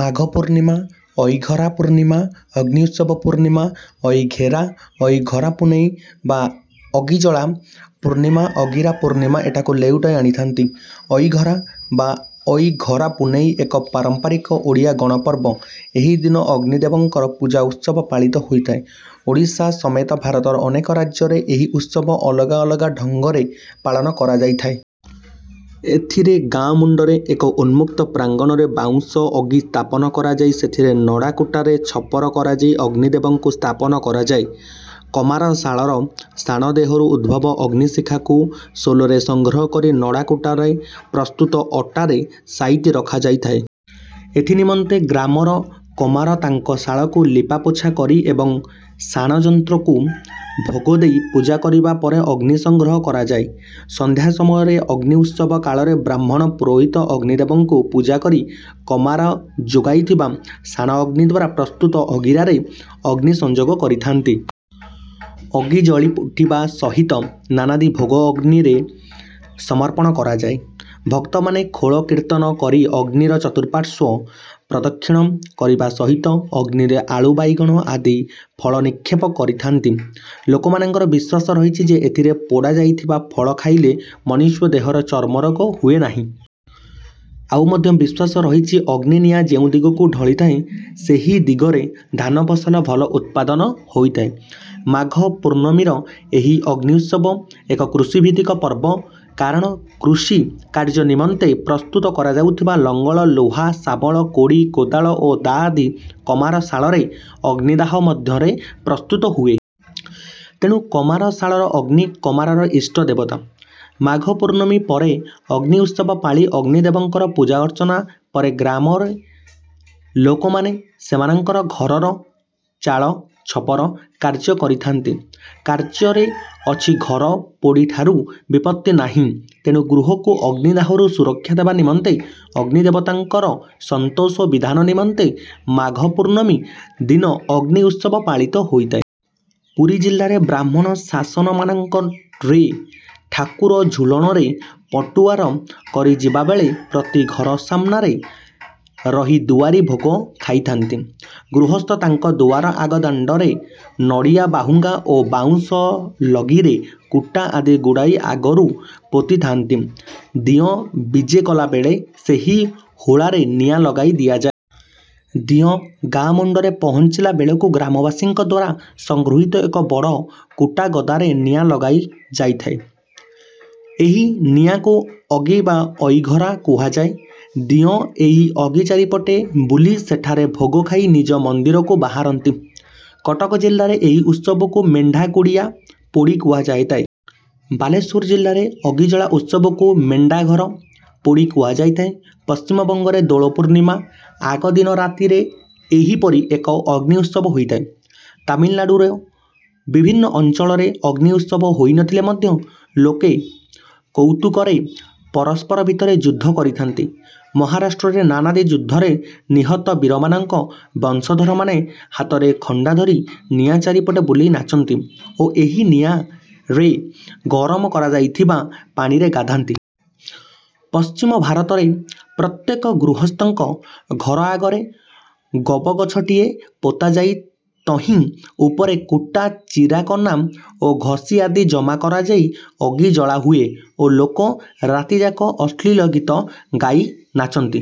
ମାଘ ପୂର୍ଣ୍ଣମୀ ଅଇଘରା ପୂର୍ଣ୍ଣିମା ଅଗ୍ନ୍ୟୁତ୍ସବ ପୂର୍ଣ୍ଣିମା ଅଇଘେରା ଅଇଘରା ପୁନେଇଁ ବା ଅଗିଜଳା ପୂର୍ଣ୍ଣିମା ଅଗିରା ପୂର୍ଣ୍ଣମୀ ଏଠାକୁ ଲେଉଟାଇ ଆଣିଥାନ୍ତି। ଅଇଘରା ବା ଅଇଘରା ପୁନେଇଁ ଏକ ପାରମ୍ପାରିକ ଓଡ଼ିଆ ଗଣପର୍ବ। ଏହି ଦିନ ଅଗ୍ନିଦେବଙ୍କର ପୂଜା ଉତ୍ସବ ପାଳିତ ହୋଇଥାଏ। ଓଡ଼ିଶା ସମେତ ଭାରତର ଅନେକ ରାଜ୍ୟରେ ଏହି ଉତ୍ସବ ଅଲଗା ଅଲଗା ଢଙ୍ଗରେ ପାଳନ କରାଯାଇଥାଏ। ଏଥିରେ ଗାଁ ମୁଣ୍ଡରେ ଏକ ଉନ୍ମୁକ୍ତ ପ୍ରାଙ୍ଗଣରେ ବାଉଁଶ ଅଗି ସ୍ଥାପନ କରାଯାଇ ସେଥିରେ ନଡ଼ା କୁଟାରେ ଛପର କରାଯାଇ ଅଗ୍ନି ଦେବଙ୍କୁ ସ୍ଥାପନ କରାଯାଏ। କମାରଶାଳର ଶାଣ ଦେହରୁ ଉଦ୍ଭବ ଅଗ୍ନିଶିଖାକୁ ଶୋଲରେ ସଂଗ୍ରହ କରି ନଡ଼ା କୁଟାରେ ପ୍ରସ୍ତୁତ ଅଟାରେ ସାଇତି ରଖାଯାଇଥାଏ। ଏଥି ନିମନ୍ତେ ଗ୍ରାମର କମାର ତାଙ୍କ ଶାଳକୁ ଲିପା ପୋଛା କରି ଏବଂ ଶାଣ ଯନ୍ତ୍ରକୁ ଭୋଗ ଦେଇ ପୂଜା କରିବା ପରେ ଅଗ୍ନି ସଂଗ୍ରହ କରାଯାଏ। ସନ୍ଧ୍ୟା ସମୟରେ ଅଗ୍ନି ଉତ୍ସବ କାଳରେ ବ୍ରାହ୍ମଣ ପୁରୋହିତ ଅଗ୍ନିଦେବଙ୍କୁ ପୂଜା କରି କମାର ଯୋଗାଇଥିବା ଶାଣ ଅଗ୍ନିଦ୍ୱାରା ପ୍ରସ୍ତୁତ ଅଗିରାରେ ଅଗ୍ନି ସଂଯୋଗ କରିଥାଆନ୍ତି। ଅଗି ଜଳି ଉଠିବା ସହିତ ନାନାଦି ଭୋଗ ଅଗ୍ନିରେ ସମର୍ପଣ କରାଯାଏ। ଭକ୍ତମାନେ ଖୋଳ କୀର୍ତ୍ତନ କରି ଅଗ୍ନିର ଚତୁଃପାର୍ଶ୍ୱ ପ୍ରଦକ୍ଷିଣ କରିବା ସହିତ ଅଗ୍ନିରେ ଆଳୁ ବାଇଗଣ ଆଦି ଫଳ ନିକ୍ଷେପ କରିଥାଆନ୍ତି। ଲୋକମାନଙ୍କର ବିଶ୍ୱାସ ରହିଛି ଯେ ଏଥିରେ ପୋଡ଼ା ଯାଇଥିବା ଫଳ ଖାଇଲେ ମନୁଷ୍ୟ ଦେହରେ ଚର୍ମରୋଗ ହୁଏ ନାହିଁ। ଆଉ ମଧ୍ୟ ବିଶ୍ୱାସ ରହିଛି ଅଗ୍ନି ନିଆଁ ଯେଉଁ ଦିଗକୁ ଢଳିଥାଏ ସେହି ଦିଗରେ ଧାନ ଫସଲ ଭଲ ଉତ୍ପାଦନ ହୋଇଥାଏ। ମାଘ ପୂର୍ଣ୍ଣମୀର ଏହି ଅଗ୍ନ୍ୟୁତ୍ସବ ଏକ କୃଷିଭିତ୍ତିକ ପର୍ବ। କାରଣ କୃଷି କାର୍ଯ୍ୟ ନିମନ୍ତେ ପ୍ରସ୍ତୁତ କରାଯାଉଥିବା ଲଙ୍ଗଳ ଲୁହା ଶାବଳ କୋଡ଼ି କୋଦାଳ ଓ ଦାଆ ଆଦି କମାର ଶାଳରେ ଅଗ୍ନିଦାହ ମଧ୍ୟରେ ପ୍ରସ୍ତୁତ ହୁଏ। ତେଣୁ କମାର ଶାଳର ଅଗ୍ନି କମାରର ଇଷ୍ଟ ଦେବତା। ମାଘ ପୂର୍ଣ୍ଣମୀ ପରେ ଅଗ୍ନ୍ୟୁତ୍ସବ ପାଳି ଅଗ୍ନି ଦେବଙ୍କର ପୂଜା ଅର୍ଚ୍ଚନା ପରେ ଗ୍ରାମର ଲୋକମାନେ ସେମାନଙ୍କର ଘରର ଚାଳ ଛପର କାର୍ଯ୍ୟ କରିଥାଆନ୍ତି। କଥାରେ ଅଛି ଘର ପୋଡ଼ିଠାରୁ ବିପତ୍ତି ନାହିଁ। ତେଣୁ ଗୃହକୁ ଅଗ୍ନିଦାହରୁ ସୁରକ୍ଷା ଦେବା ନିମନ୍ତେ ଅଗ୍ନି ଦେବତାଙ୍କର ସନ୍ତୋଷ ବିଧାନ ନିମନ୍ତେ ମାଘ ପୂର୍ଣ୍ଣମୀ ଦିନ ଅଗ୍ନି ଉତ୍ସବ ପାଳିତ ହୋଇଥାଏ। ପୁରୀ ଜିଲ୍ଲାରେ ବ୍ରାହ୍ମଣ ଶାସନମାନଙ୍କରେ ଠାକୁର ଝୁଲଣରେ ପଟୁଆର କରି ଯିବାବେଳେ ପ୍ରତି ଘର ସାମନାରେ ରହି ଦୁଆରି ଭୋଗ ଖାଇଥାନ୍ତି। ଗୃହସ୍ଥ ତାଙ୍କ ଦୁଆର ଆଗ ଦାଣ୍ଡରେ ନଡ଼ିଆ ବାହୁଙ୍ଗା ଓ ବାଉଁଶ ଲଗିରେ କୁଟା ଆଦି ଗୁଡ଼ାଇ ଆଗରୁ ପୋତି ଥାନ୍ତି। ଦିଅଁ ବିଜେ କଲାବେଳେ ସେହି ହୁଳାରେ ନିଆଁ ଲଗାଇ ଦିଆଯାଏ। ଦିଅଁ ଗାଁ ମୁଣ୍ଡରେ ପହଞ୍ଚିଲା ବେଳକୁ ଗ୍ରାମବାସୀଙ୍କ ଦ୍ୱାରା ସଂଗୃହିତ ଏକ ବଡ଼ କୁଟାଗଦାରେ ନିଆଁ ଲଗାଯାଇଥାଏ। ଏହି ନିଆଁକୁ ଅଗି ବା ଅଇଘରା କୁହାଯାଏ। ଦିଅଁ ଏହି ଅଗି ଚାରିପଟେ ବୁଲି ସେଠାରେ ଭୋଗ ଖାଇ ନିଜ ମନ୍ଦିରକୁ ବାହାରନ୍ତି। କଟକ ଜିଲ୍ଲାରେ ଏହି ଉତ୍ସବକୁ ମେଣ୍ଢାକୁଡ଼ିଆ ପୋଡ଼ି କୁହାଯାଇଥାଏ। ବାଲେଶ୍ୱର ଜିଲ୍ଲାରେ ଅଗିଜଳା ଉତ୍ସବକୁ ମେଣ୍ଢାଘର ପୋଡ଼ି କୁହାଯାଇଥାଏ। ପଶ୍ଚିମବଙ୍ଗରେ ଦୋଳ ପୂର୍ଣ୍ଣିମା ଆଗ ଦିନ ରାତିରେ ଏହି ପରି ଏକ ଅଗ୍ନି ଉତ୍ସବ ହୋଇଥାଏ। ତାମିଲନାଡୁର ବିଭିନ୍ନ ଅଞ୍ଚଳରେ ଅଗ୍ନି ଉତ୍ସବ ହୋଇନଥିଲେ ମଧ୍ୟ ଲୋକେ କଉତୁକରେ ପରସ୍ପର ଭିତରେ ଯୁଦ୍ଧ କରିଥାନ୍ତି। ମହାରାଷ୍ଟ୍ରରେ ନାନାଦି ଯୁଦ୍ଧରେ ନିହତ ବୀରମାନଙ୍କ ବଂଶଧରମାନେ ହାତରେ ଖଣ୍ଡା ଧରି ନିଆଁ ଚାରିପଟେ ବୁଲି ନାଚନ୍ତି ଓ ଏହି ନିଆଁରେ ଗରମ କରାଯାଇଥିବା ପାଣିରେ ଗାଧାନ୍ତି। ପଶ୍ଚିମ ଭାରତରେ ପ୍ରତ୍ୟେକ ଗୃହସ୍ଥଙ୍କ ଘର ଆଗରେ ଗବଗଛଟିଏ ପୋତାଯାଇ ତହିଁ ଉପରେ କୁଟା ଚିରାକନା ଓ ଘଷି ଆଦି ଜମା କରାଯାଇ ଅଗି ଜଳା ହୁଏ ଓ ଲୋକେ ରାତିଯାକ ଅଶ୍ଳୀଳ ଗୀତ ଗାଇ ନାଚନ୍ତି।